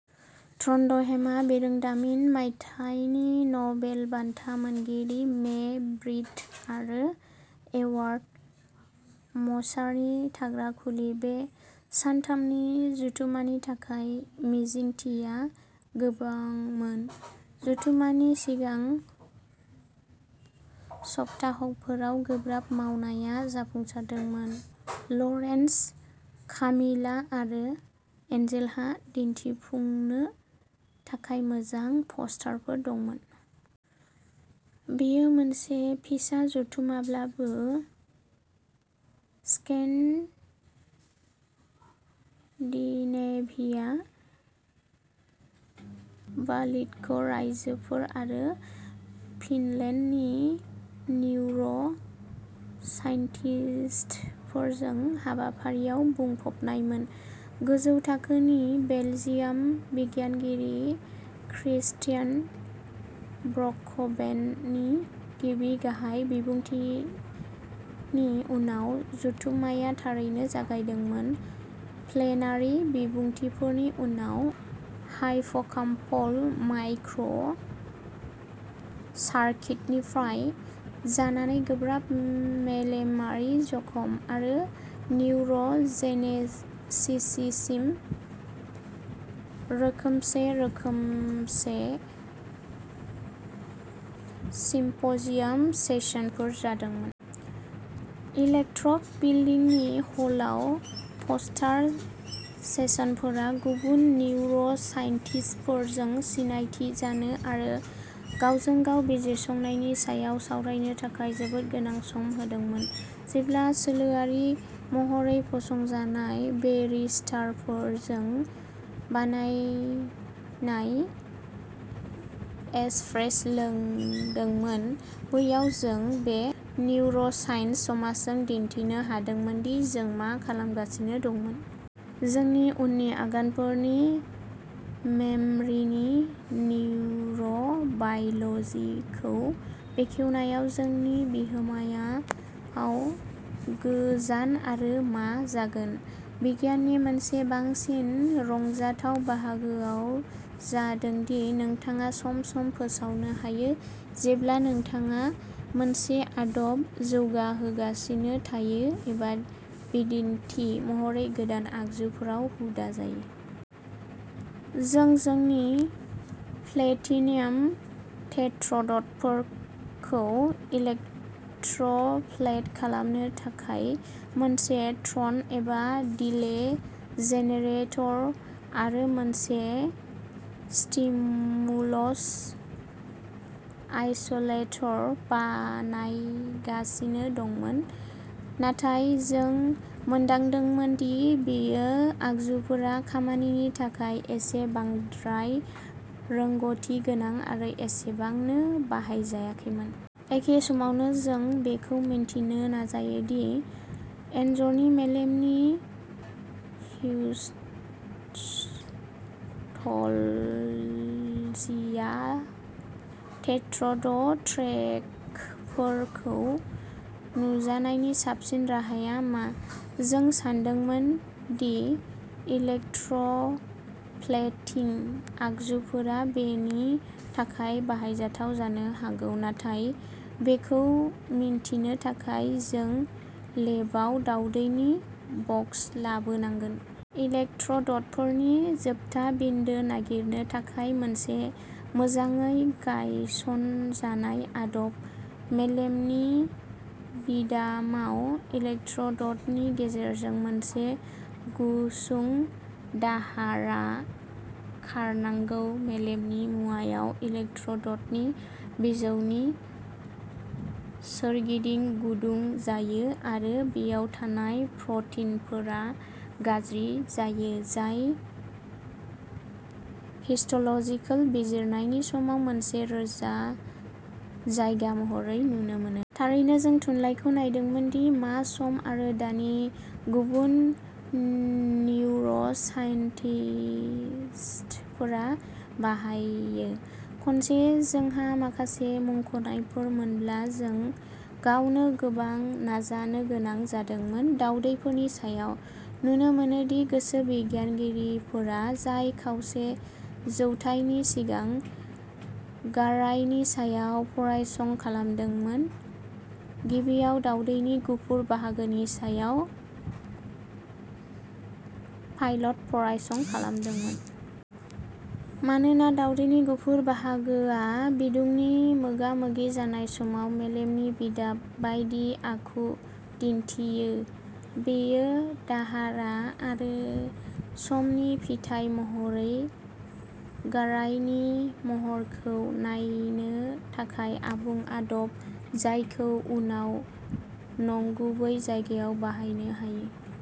ट्रनडहेमआव बिरोंदामिन, मायथाइनि नबेल बान्था मोनगिरि मे ब्रिट आरो एडवार्ड मसारनि थाग्रा खुलि, बे सानथामनि जथुम्मानि थाखाय मिजिंथिया गोबांमोन। जथुम्मानि सिगां सप्ताहफोराव गोब्राब मावनाया जाफुंसारदोंमोन। लरेन्ज कामिला आरो एन्जेलहा दिन्थिफुंनो थाखाय मोजां पस्टारफोर दंमोन। बेयो मोनसे फिसा जथुम्माब्लाबो, स्केन्डिनेभिया, बाल्टिक रायजोफोर आरो फिनलेन्डनि निउर' साइन्टिस्टफोरजों, हाबाफारिआ बुंफबनायमोन। गोजौ थाखोनि बेल्जियान बिगियानगिरि क्रिस्टिन ब्र'कख'भेननि गिबि गाहाय बिबुंथिनि उनाव, जथुम्माया थारैनो जागायदोंमोन। प्लेनारि बिबुंथिफोरनि उनाव हायपकाम्पल माइक्र' सार्किटनिफ्राय जानानै गोब्राब मेलेमारि जखम आरो निउर'जेनेसिससिम रोखोमसे रोखोमसे सिम्प'जियाम सेसनफोर जादोंमोन। इलेक्ट्र' बिल्दिंनि हलआव पस्टार सेसनफोरा गुबुन निउर'साइन्टिस्टफोरजों सिनायथि जानो आरो गावजों-गाव बिजिरसंनायनि सायाव सावरायनो थाखाय जोबोद गोनां सम होदोंमोन, जेब्ला सोलोआरि महरै फसंजानाय बेरिस्टाफोरजों बानायनाय एस्प्रेस'लोंदोंमोन। बैयाव जों बे निउर'साइन्स समाजखौ दिन्थिनो हादोंमोन दि जों मा खालामगासिनो दंमोन। जोंनि उननि आगानफोरा मेमरिनि निउर'बाय'ल'जिखौ बेखेवनायाव जोंनि बिहोमायआव गोजान आरो मा जागोन। बिगियाननि मोनसे बांसिन रंजाथाव बाहागोआ जादों दि नोंथाङा सम-सम फोसाबनो हायो। जेब्ला नोंथाङा मोनसे आदब जौगाहोगासिनो थायो एबा बिदिन्थि महरै गोदान आगजुफोराव हुदा जायो। जों जोंनि प्लेटिनम टेट्र'डफोरखौ इलेक्ट्र'प्लेट खालामनो थाखाय मोनसे ट्रेन एबा डिले जेनेरेटर आरो मोनसे स्टिमुलस आइसोलेटर बाहायगासिनो दंमोन, नाथाय जों मोनदांदोंमोन दि बेफोर आगजुफोरा खामानिनि थाखाय एसे बांद्राय रोंग'थि गोनां आरो एसेबांनो बाहायजायैमोन। एखे समावनो जों बेखौ मिथिनो नाजायो दि एनजरनि मेलेमनि हिस्ट'ल'जियाव टेट्र'ड ट्रेकफोरखौ नुजानायनि साबसिन राहाया मा। जों सानदोंमोन दि इलेक्ट्र'प्लेटिं आगजुफोरा बेनि थाखाय बाहायजाथाव जानो हागौ, नाथाय बेखौ मिथिनो थाखाय, जों लेबआव दावदैनि बक्स लाबोनांगोन। इलेक्ट्र'डफोरनि जोबथा बिन्दो नागिरनो थाखाय मोनसे मोजाङै गायसनजानाय आदब। मेलेमनि बिदामाव, इलेक्ट्र'डनि गेजेरजों मोनसे गुसुं दाहारा खारनांगौ। मेलेमनि मुवाया इलेक्ट्र'डनि बिजौनि सोरगिदिं गुदुं जायो आरो बेयाव थानाय प्र'टिनफोरा गाज्रि जायो, जाय हिस्ट'ल'जिकेल बिजिरनायनि समाव मोनसे रोजा जायगा महरै नुनो मोनो। थारैनो जों थुनलाइखौ नायदोंमोन दि मा सम आरो दानि गुबुन निउर'साइन्टिस्टफोरा बाहायो। खनसे जोंहा माखासे मुंख'नायफोर मोनब्ला, जों गावनो गोबां नाजानो गोनां जादोंमोन। दावदैफोरनि सायाव। नुनो मोनोदि गोसो बिगियानगिरिफोरा जाय खावसे जौथायनि सिगां गारायनि सायाव फरायसं खालामदोंमोन, गिबियाव दावदैनि गुफुर बाहागोनि सायाव पाइलट फरायसं खालामदोंमोन। मानोना दावदैनि गुफुर बाहागोआ बिदुंनि मोगामोगि जानाय समाव मेलेमनि बिदाम बायदि आखु दिन्थियो, बेयो दाहारा आरो समनि फिथाय महरै गारायनि महरखौ नायनो थाखाय आबुं आदब, जायखौ उनाव नंगुबै जायगायाव बाहायनो हायो।